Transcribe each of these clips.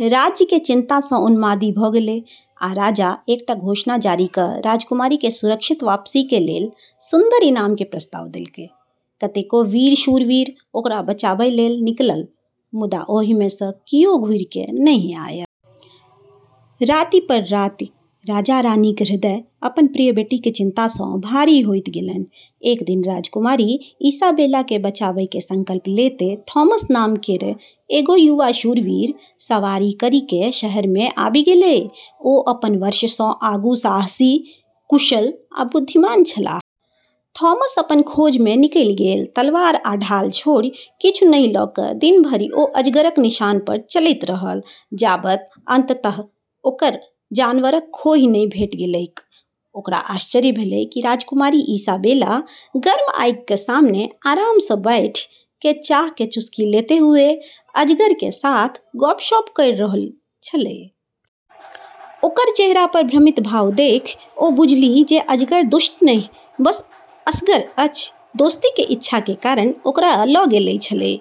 राज्य चिंता सॅं उन्मादी भ गेलै आ राजा एकटा घोषणा जारी क राजकुमारी के सुरक्षित वापसी के लेल सुन्दर इनाम के प्रस्ताव देलकै, कतेको वीर शूरवीर ओकरा बचाबय लेल निकलल मुदा ओहि मे सँ कियो घुरि क नहि आयल। राति पर राति राजा-रानीक हृदय अपन प्रिय बेटीक चिन्ता सँ भारी होइत गेलनि। एक दिन राजकुमारी इसाबेला के बचाबै के संकल्प लेते थॉमस नाम केरऽ एगो युवा शूरवीर सवारी करी के शहर मे आबी गेलै ओ अपन वर्षसँ आगू साहसी, कुशल आ बुद्धिमान छलाह। थॉमस अपन खोज मे निकलि गेल, तलवार आ ढाल छोड़ि किछु नहि ल क दिन भरि ओ अजगरक निशान पर चलैत रहल, जाबत अंततः ओकरा जानवरक खोह नहि भेटि गेलैक। ओकरा आश्चर्य भेलै कि राजकुमारी इसाबेला गर्म आगि के सामने आराम सें बैठी के चाह के चुस्की लेतें हुवें अजगर के साथ गपशप करी रहलोॅ छेलै। ओकर चेहरा पर भ्रमित भाव देखि ओ बुझेलीह जे अजगर दुष्ट नहि, बस असगर अछि। दोस्ती के इच्छा के कारण ओकरा ल गेलऽ छेलै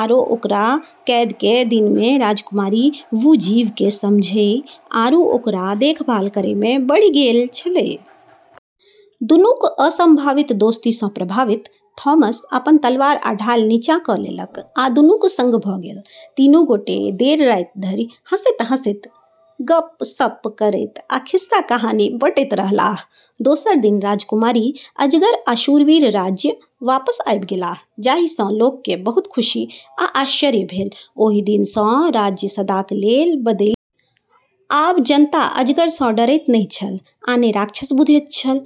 आरो ओकरऽ कैद के दिनऽ में राजकुमारी वू जीव के समझै आरू ओकरऽ देखभाल करै में बढ़ी गेलऽ छेलै। दुनूक असंभावित दोस्ती सँ प्रभावित थॉमस अपन तलवार आ ढाल नीचाँ क लेलक आ दुनूक संग भ गेल। तीनू गोटे देर राति धरि हँसैत-हँसैत, गप्प-सप्प करैत आ खिस्सा-कहानी बँटैत रहलाह। दोसर दिन राजकुमारी, अजगर आ शूरवीर राज्य वापस आबि गेलाह जाहि सं लोक के बहुत खुशी आ आश्चर्य भेल, ओहि दिन सँ राज्य सदाक लेल बदलि गेल। आब जनता अजगर स डरैत नहि छल आ ने राक्षस बुझैत छल।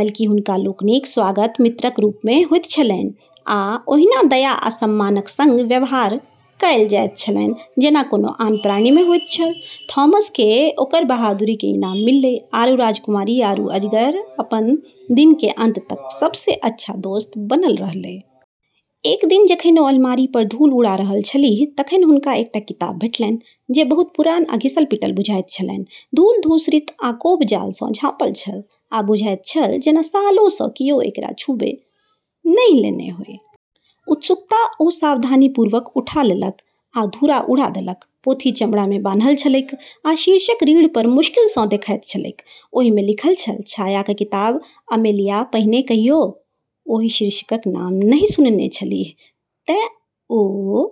बल्कि हुनका लोकनिक स्वागत मित्रक रूप मे होइत छलनि आ ओहिना दया आ सम्मानक संग व्यवहार कयल जाइत छलनि जेना कोनो आन प्राणी मे होइत छल थॉमस के ओकरऽ बहादुरी के इनाम मिललै, आरू राजकुमारी आरू अजगर अपनऽ दिन के अंत तक सबसें अच्छा दोस्त बनलऽ रहलै। एक दिन जखन ओ अलमारी पर धूल उड़ा रहल छलीह तखन हुनका एकटा किताब भेटलनि जे बहुत पुरान आ घिसल-पिटल बुझाइत छलनि। धूल-धूसरित आ कोब-जालसँ झाँपल छल आ बुझाइत छल जेना सालोंसँ कियो एकरा छूबि नहि लेने हो। उत्सुकतासँ ओ सावधानीपूर्वक उठा लेलक आ धूरा उड़ा देलक। पोथी चमड़ा मे बान्हल छलैक, आ शीर्षक रीढ़ पर मुश्किल सँ देखाइत छलैक। ओहि मे लिखल छल, छायाक किताब अमेलिया पहिने कहियो ओहि शीर्षकक नाम नहि सुनने छलीह, तें ओ